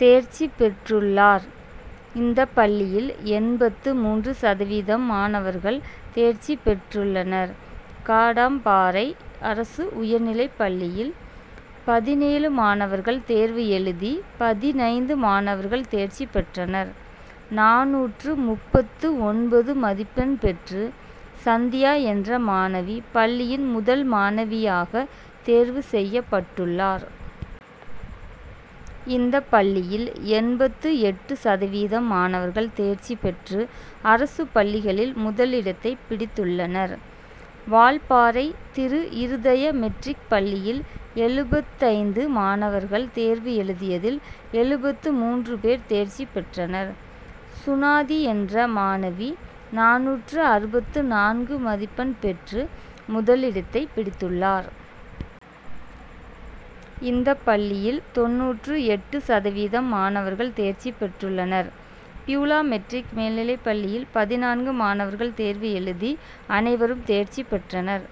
தேர்ச்சி பெற்றுள்ளார். இந்த பள்ளியில் எண்பத்து மூன்று சதவீதம் மாணவர்கள் தேர்ச்சி பெற்றுள்னர். காடம்பாறை அரசு உயர்நிலைப்பள்ளியில் பதினேழு மாணவர்கள் தேர்வு எழுதி பதினைந்து மாணவர்கள் தேர்ச்சி பெற்றனர். நானூற்று முப்பத்து ஒன்பது மதிப்பெண் பெற்று சந்தியா என்ற மாணவி பள்ளியின் முதல் மாணவியாக தேர்வு செய்யப் பட்டுள்ளார். இந்த பள்ளியில் எண்பத்து எட்டு சதவீதம் மாணவர்கள் தேர்ச்சி பெற்று அரசு பள்ளிகளில் முதலிடத்தை பிடித்துள்ளனர். வால்பாறை திருஇருதய மெட்ரிக் பள்ளியில் எழுபத்தைந்து மாணவர்கள் தேர்வு எழுதியதில், எழுபத்து மூன்று பேர் தேர்ச்சி பெற்றனர். சுனாதி என்ற மாணவி நானூற்று அறுபத்து நான்கு மதிப்பெண் பெற்று முதலிடத்தை பிடித்துள்ளார். இந்த பள்ளியில் தொண்ணூற்று எட்டு சதவீதம் மாணவர்கள் தேர்ச்சி பெற்றுள்ளனர். பியூலாமெட்ரிக் மேல்நிலைப்பள்ளியில் பதினான்கு மாணவர்கள் தேர்வு எழுதி அனைவரும் தேர்ச்சி பெற்றனர்.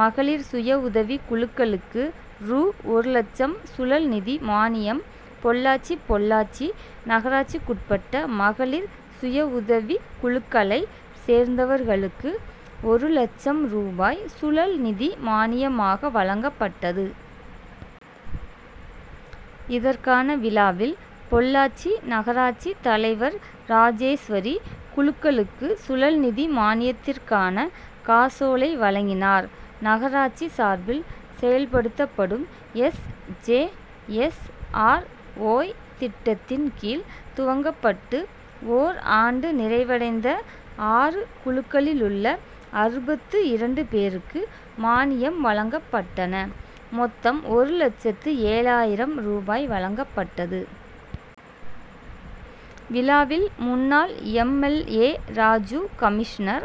மகளிர் சுயஉதவிக்குழுக்களுக்கு ரூ. ஒரு லட்சம் சுழல்நிதி மானியம் பொள்ளாச்சி பொள்ளாச்சி நகராட்சிக்குட்பட்ட மகளிர் சுயஉதவிக்குழுக்களை சேர்ந்தவர்களுக்கு, ஒரு லட்சம் ரூபாய் சுழல்நிதி மானியமாக வழங்கப்பட்டது. இதற்கான விழாவில், பொள்ளாச்சி நகராட்சி தலைவர் ராஜேஸ்வரி, குழுக்களுக்கு சுழல்நிதி மானியத்திற்கான காசோலை வழங்கினார். நகராட்சி சார்பில் செயல்படுத்தப்படும் S. J. S. R. Y., திட்டத்தின் கீழ் துவங்கப்பட்டு, ஓர் ஆண்டு நிறைவடைந்த ஆறு குழுக்களிலுள்ள அறுபத்து இரண்டு பேருக்கு மானியம் வழங்கப்பட்டன. மொத்தம் ஒரு லட்சத்து ஏழாயிரம் ரூபாய் வழங்கப்பட்டது. விழாவில், முன்னாள் M. L. A., Raju, commissioner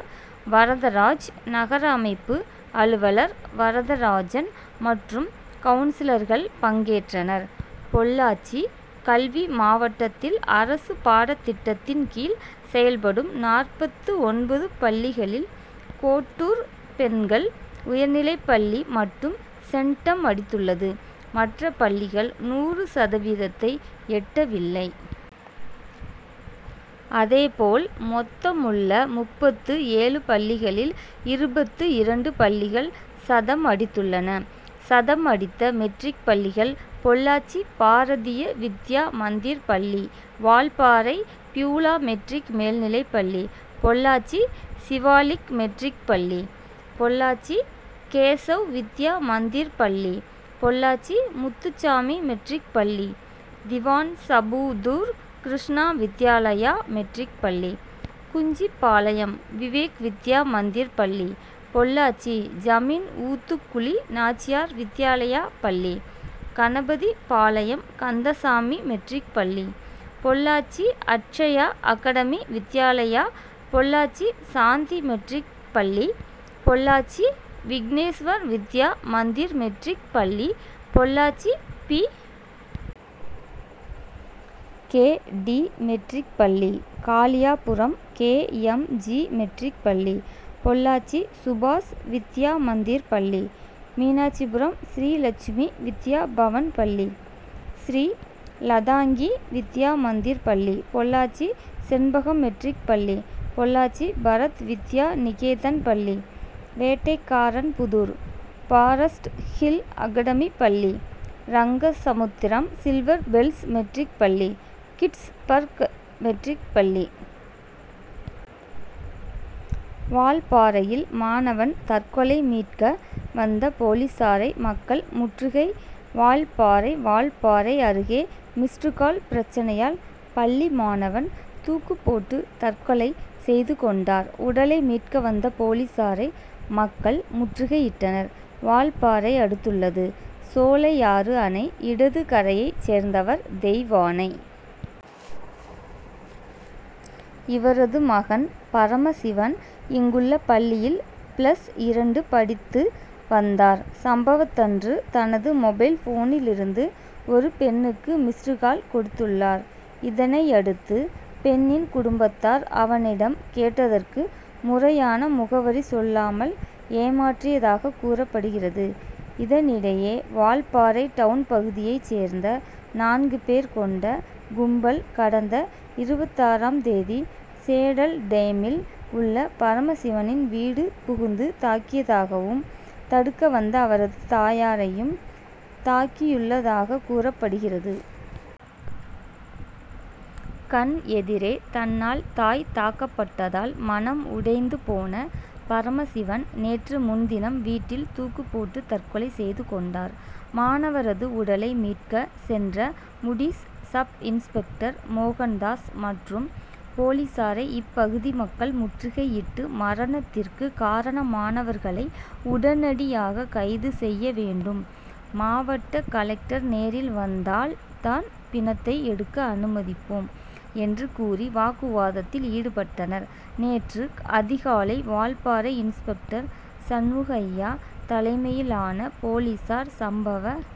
Varadaraj, நகரமைப்பு அலுவலர் வரதராஜன் மற்றும் கவுன்சிலர்கள் பங்கேற்றனர். பொள்ளாச்சி கல்வி மாவட்டத்தில் அரசு பாடத்திட்டத்தின் கீழ் செயல்படும் நாற்பத்து ஒன்பது பள்ளிகளில், கோட்டூர் பெண்கள் உயர்நிலைப்பள்ளி மட்டும் சென்டம் அடித்துள்ளது. மற்ற பள்ளிகள் நூறு சதவீதத்தை எட்டவில்லை. அதேபோல், மொத்தமுள்ள முப்பத்து ஏழு பள்ளிகளில் இருபத்து இரண்டு பள்ளிகள் சதம் அடித்துள்ளன. சதம் அடித்த மெட்ரிக் பள்ளிகள் பொள்ளாச்சி பாரதிய வித்யா மந்திர் பள்ளி, வால்பாறை பியூலா மெட்ரிக் மேல்நிலைப்பள்ளி, பொள்ளாச்சி சிவாலிக் மெட்ரிக் பள்ளி, பொள்ளாச்சி கேசவ் வித்யா மந்திர் பள்ளி, பொள்ளாச்சி முத்துசாமி மெட்ரிக் பள்ளி, திவான்சாபுதூர் கிருஷ்ணா வித்யாலயா மெட்ரிக் பள்ளி, குஞ்சிபாளையம் விவேக் வித்யா மந்திர் பள்ளி, பொள்ளாச்சி ஜமீன்ஊத்துக்குளி நாச்சியார் வித்யாலயா பள்ளி, கணபதிபாளையம் கந்தசாமி மெட்ரிக் பள்ளி, பொள்ளாச்சி அட்சயா அகாடமி வித்யாலயா, பொள்ளாச்சி சாந்தி மெட்ரிக் பள்ளி, பொள்ளாச்சி விக்னேஷ்வர் வித்யா மந்திர் மெட்ரிக் பள்ளி, Pollachi P. K. D., matric பள்ளி, Kaliyapuram K. M. G., matric பள்ளி, பொள்ளாச்சி சுபாஷ் வித் யா மந்திர் பள்ளி, மீனாட்சிபுரம் ஸ்ரீலட் சுமி வித்யா பவன் பள்ளி, ஸ்ரீ லதாங்கி வித்யா மந்திர் பள்ளி, பொள்ளாச்சி செண் பகம் மெட்ரிக் பள்ளி, பொள்ளாச்சி பரத் வித்யா நிகேதன் பள்ளி, வேட்டைக்காரன்புதூர் பாரஸ்ட் ஹில் அகாடமி பள்ளி, ரங்கசமுத்திரம் சில்வர் பெல்ஸ் மெட்ரிக் பள்ளி, கிட்ஸ் பர்க் மெட்ரிக் பள்ளி. வால்பாறையில் மாணவன் தற்கொலை மீட்க வந்த போலீசாரை மக்கள் முற்றுகை வால்பாறை வால்பாறை அருகே மிஸ்டுகால்' பிரச்னையால் பள்ளி மாணவன் தூக்கு போட்டு தற்கொலை செய்துகொண்டார். உடலை மீட்க வந்த போலீசாரை மக்கள் முற்றுகையிட்டனர். வால்பாறை அடுத்துள்ளது சோலையாறு அணை இடது கரையை சேர்ந்தவர் தெய்வானை. இவரது மகன் பரமசிவன். இங்குள்ள பள்ளியில் பிளஸ் இரண்டு படித்து வந்தார். சம்பவத்தன்று தனது மொபைல்போனிலிருந்து ஒரு பெண்ணுக்கு மிஸ்டுகால் கொடுத்துள்ளார். இதனையடுத்து பெண்ணின் குடும்பத்தார் அவனிடம் கேட்டதற்கு முறையான முகவரி சொல்லாமல் ஏமாற்றியதாக கூறப்படுகிறது. இதனிடையே வால்பாறை டவுன் பகுதியை சேர்ந்த நான்கு பேர் கொண்ட கும்பல் கடந்த இருபத்தாறா ம் தேதி சேடல்டேமில் உள்ள பரமசிவனின் வீடு புகுந்து தாக்கியதாகவும், தடுக்க வந்த அவரது தாயாரையும் தாக்கியுள்ளதாக கூறப் படுகிறது. கண் எதிரே தன்னால் தாய் தாக்கப்பட்டதால் மனம் உடைந்த போன பரமசிவன், நேற்றுமுன்தினம் வீட்டில் தூக்கு போட்டு தற்கொலை செய்து கொண்டார். மாணவரது உடலை மீட்க சென்ற முடீஸ் சப்-இன்ஸ்பெக்டர் மோகன்தாஸ் மற்றும் போலீசாரை இப்பகுதி மக்கள் முற்றுகையிட்டு, மரணத்திற்கு காரணமானவர்களை உடனடியாக கைது செய்ய வேண்டும், மாவட்ட கலெக்டர் நேரில் வந்தால் தான் பிணத்தை எடுக்க அனுமதிப்போம் என்று கூறி வாக்குவாதத்தில் ஈடுபட்டனர். நேற்று அதிகாலை வால்பாறை இன்ஸ்பெக்டர் சண்முகையா தலைமையிலான போலீசார் சம்பவ